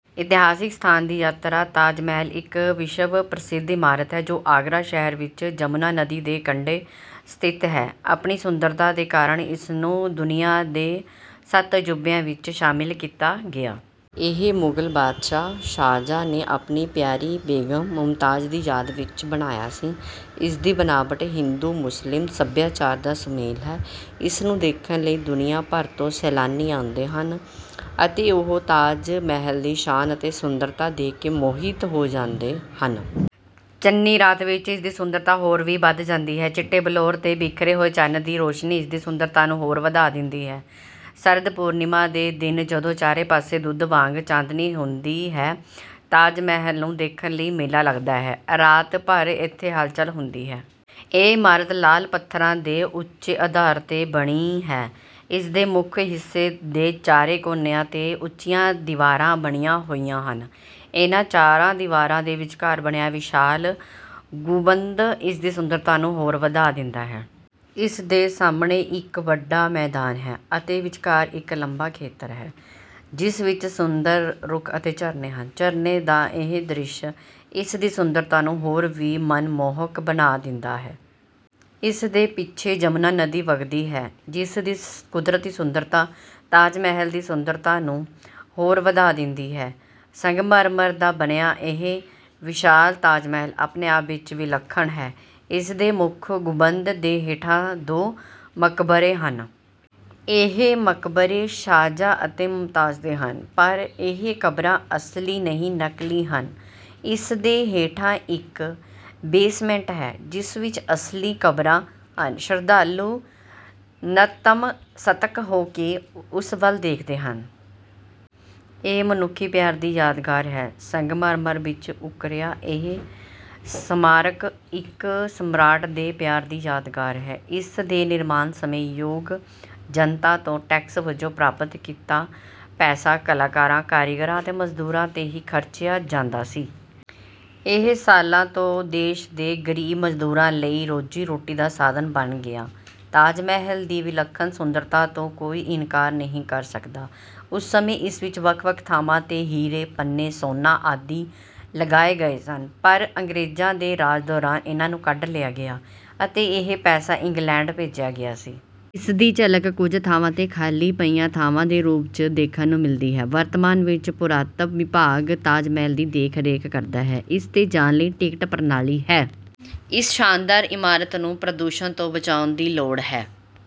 ਇਤਿਹਾਸਕ ਸਥਾਨ ਦੀ ਯਾਤਰਾ ਤਾਜ ਮਹਿਲ ਇੱਕ ਵਿਸ਼ਵ ਪ੍ਰਸਿੱਧ ਇਮਾਰਤ ਹੈ ਜੋ ਆਗਰਾ ਸ਼ਹਿਰ ਵਿੱਚ ਯਮੁਨਾ ਨਦੀ ਦੇ ਕੰਢੇ ਸਥਿਤ ਹੈ। ਆਪਣੀ ਸੁੰਦਰਤਾ ਦੇ ਕਾਰਨ ਇਸਨੂੰ ਦੁਨੀਆ ਦੇ ਸੱਤ ਅਜੂਬਿਆਂ ਵਿੱਚ ਸ਼ਾਮਲ ਕੀਤਾ ਗਿਆ। ਇਹ ਮੁਗਲ ਬਾਦਸ਼ਾਹ ਸ਼ਾਹਜਹਾਂ ਨੇ ਆਪਣੀ ਪਿਆਰੀ ਬੇਗਮ ਮੁਮਤਾਜ਼ ਦੀ ਯਾਦ ਵਿੱਚ ਬਣਵਾਇਆ ਸੀ। ਇਸ ਦੀ ਬਨਾਵਟ ਹਿੰਦੂ-ਮੁਸਲਿਮ ਸੱਭਿਆਚਾਰ ਦਾ ਸੁਮੇਲ ਹੈ। ਇਸ ਨੂੰ ਦੇਖਣ ਲਈ ਦੁਨੀਆ ਭਰ ਤੋਂ ਸੈਲਾਨੀ ਆਉਂਦੇ ਹਨ। ਅਤੇ ਉਹ ਤਾਜ ਮਹਿਲ ਦੀ ਸ਼ਾਨ ਅਤੇ ਸੁੰਦਰਤਾ ਦੇਖ ਕੇ ਮੋਹਿਤ ਹੋ ਜਾਂਦੇ ਹਨ। ਚੰਨੀ ਰਾਤ ਵਿੱਚ ਇਸ ਦੀ ਸੁੰਦਰਤਾ ਹੋਰ ਵੀ ਵੱਧ ਜਾਂਦੀ ਹੈ। ਚਿੱਟੇ ਬਲੌਰ 'ਤੇ ਬਿਖਰੇ ਹੋਏ ਚੰਨ ਦੀ ਰੌਸ਼ਨੀ ਇਸ ਦੀ ਸੁੰਦਰਤਾ ਨੂੰ ਹੋਰ ਵਧਾ ਦਿੰਦੀ ਹੈ। ਸ਼ਰਦ ਪੂਰਨਿਮਾ ਦੇ ਦਿਨ ਜਦੋਂ ਚਾਰੇ ਪਾਸੇ ਦੁੱਧ ਵਾਂਗ ਚਾਂਦਨੀ ਹੁੰਦੀ ਹੈ, ਤਾਜ ਮਹਿਲ ਨੂ ਦੇਖਣ ਲਈ ਮੇਲਾ ਲੱਗਦਾ ਹੈ, ਰਾਤ ਭਰ ਇੱਥੇ ਹਲਚਲ ਹੁੰਦੀ ਹੈ। ਇਹ ਇਮਾਰਤ ਲਾਲ ਪੱਥਰਾਂ ਦੇ ਉੱਚੇ ਅਧਾਰ 'ਤੇ ਬਣੀ ਹੈ। ਇਸ ਦੇ ਮੁੱਖ ਹਿੱਸੇ ਦੇ ਚਾਰੇ ਕੋਨਿਆਂ 'ਤੇ ਉੱਚੀਆਂ ਦੀਵਾਰਾਂ ਬਣੀਆਂ ਹੋਈਆਂ ਹਨ। ਇਨ੍ਹਾਂ ਚਾਰਾਂ ਦੀਵਾਰਾਂ ਦੇ ਵਿਚਕਾਰ ਬਣਿਆ ਵਿਸ਼ਾਲ ਗੁੰਬਦ ਇਸ ਦੀ ਸੁੰਦਰਤਾ ਨੂੰ ਹੋਰ ਵਧਾ ਦਿੰਦਾ ਹੈ। ਇਸ ਦੇ ਸਾਹਮਣੇ ਇੱਕ ਵੱਡਾ ਮੈਦਾਨ ਹੈ। ਅਤੇ ਵਿਚਕਾਰ ਇੱਕ ਲੰਮਾ ਖੇਤਰ ਹੈ, ਜਿਸ ਵਿੱਚ ਸੁੰਦਰ ਰੁੱਖ ਅਤੇ ਝਰਨੇ ਹਨ। ਝਰਨੇ ਦਾ ਇਹ ਦ੍ਰਿਸ਼ ਇਸ ਦੀ ਸੁੰਦਰਤਾ ਨੂੰ ਹੋਰ ਵੀ ਮਨਮੋਹਕ ਬਣਾ ਦਿੰਦਾ ਹੈ। ਇਸ ਦੇ ਪਿੱਛੇ ਯਮੁਨਾ ਨਦੀ ਵਗਦੀ ਹੈ, ਜਿਸ ਦੀ ਕੁਦਰਤੀ ਸੁੰਦਰਤਾ ਤਾਜ ਮਹਿਲ ਦੀ ਸੁੰਦਰਤਾ ਨੂੰ ਹੋਰ ਵਧਾ ਦਿੰਦੀ ਹੈ। ਸੰਗਮਰਮਰ ਦਾ ਬਣਿਆ ਇਹ ਵਿਸ਼ਾਲ ਤਾਜ ਮਹਿਲ ਆਪਣੇ ਆਪ ਵਿੱਚ ਵਿਲੱਖਣ ਹੈ। ਇਸ ਦੇ ਮੁੱਖ ਗੁੰਬਦ ਦੇ ਹੇਠਾਂ ਦੋ ਮਕਬਰੇ ਹਨ। ਇਹ ਮਕਬਰੇ ਸ਼ਾਹਜਹਾਂ ਅਤੇ ਮੁਮਤਾਜ਼ ਦੇ ਹਨ। ਪਰ ਇਹ ਕਬਰਾਂ ਅਸਲੀ ਨਹੀਂ, ਨਕਲੀ ਹਨ। ਇਸ ਦੇ ਹੇਠਾਂ ਇੱਕ ਬੇਸਮੈਂਟ ਹੈ, ਜਿਸ ਵਿੱਚ ਅਸਲੀ ਕਬਰਾਂ ਹਨ। ਸ਼ਰਧਾਲੂ ਨਤਮਸਤਕ ਹੋ ਕੇ ਉਸ ਵੱਲ ਵੇਖਦੇ ਹਨ। ਇਹ ਮਨੁੱਖੀ ਪਿਆਰ ਦੀ ਯਾਦਗਾਰ ਹੈ। ਸੰਗਮਰਮਰ ਵਿੱਚ ਉੱਕਰਿਆ, ਇਹ ਸਮਾਰਕ ਇੱਕ ਸਮਰਾਟ ਦੇ ਪਿਆਰ ਦੀ ਯਾਦਗਾਰ ਹੈ। ਇਸ ਦੇ ਨਿਰਮਾਣ ਸਮੇਂ, ਯੋਗ ਜਨਤਾ ਤੋਂ ਟੈਕਸ ਵਜੋਂ ਪ੍ਰਾਪਤ ਕੀਤਾ ਪੈਸਾ ਕਲਾਕਾਰਾਂ, ਕਾਰੀਗਰਾਂ ਅਤੇ ਮਜ਼ਦੂਰਾਂ 'ਤੇ ਹੀ ਖਰਚਿਆ ਜਾਂਦਾ ਸੀ। ਇਹ ਸਾਲਾਂ ਤੋਂ ਦੇਸ਼ ਦੇ ਗਰੀਬ ਮਜ਼ਦੂਰਾਂ ਲਈ ਰੋਜ਼ੀ-ਰੋਟੀ ਦਾ ਸਾਧਨ ਬਣ ਗਿਆ। ਤਾਜ ਮਹਿਲ ਦੀ ਵਿਲੱਖਣ ਸੁੰਦਰਤਾ ਤੋਂ ਕੋਈ ਇਨਕਾਰ ਨਹੀਂ ਕਰ ਸਕਦਾ। ਉਸ ਸਮੇਂ ਇਸ ਵਿਚ ਵੱਖ-ਵੱਖ ਥਾਵਾਂ 'ਤੇ ਹੀਰੇ, ਪੰਨੇ, ਸੋਨਾ ਆਦਿ ਲਗਾਏ ਗਏ ਸਨ ਪਰ ਅੰਗਰੇਜ਼ਾਂ ਦੇ ਰਾਜ ਦੌਰਾਨ ਇਨ੍ਹਾਂ ਨੂੰ ਕੱਢ ਲਿਆ ਗਿਆ ਅਤੇ ਇਹ ਪੈਸਾ ਇੰਗਲੈਂਡ ਭੇਜਿਆ ਗਿਆ ਸੀ। ਇਸ ਦੀ ਝਲਕ ਕੁਝ ਥਾਵਾਂ 'ਤੇ ਖਾਲੀ ਪਈਆਂ ਥਾਵਾਂ ਦੇ ਰੂਪ 'ਚ ਦੇਖਣ ਨੂੰ ਮਿਲਦੀ ਹੈ। ਵਰਤਮਾਨ ਵਿੱਚ, ਪੁਰਾਤੱਤਵ ਵਿਭਾਗ ਤਾਜ ਮਹਿਲ ਦੀ ਦੇਖ-ਰੇਖ ਕਰਦਾ ਹੈ। ਇਸ 'ਤੇ ਜਾਣ ਲਈ ਟਿਕਟ ਪ੍ਰਣਾਲੀ ਹੈ। ਇਸ ਸ਼ਾਨਦਾਰ ਇਮਾਰਤ ਨੂੰ ਪ੍ਰਦੂਸ਼ਣ ਤੋਂ ਬਚਾਉਣ ਦੀ ਲੋੜ ਹੈ।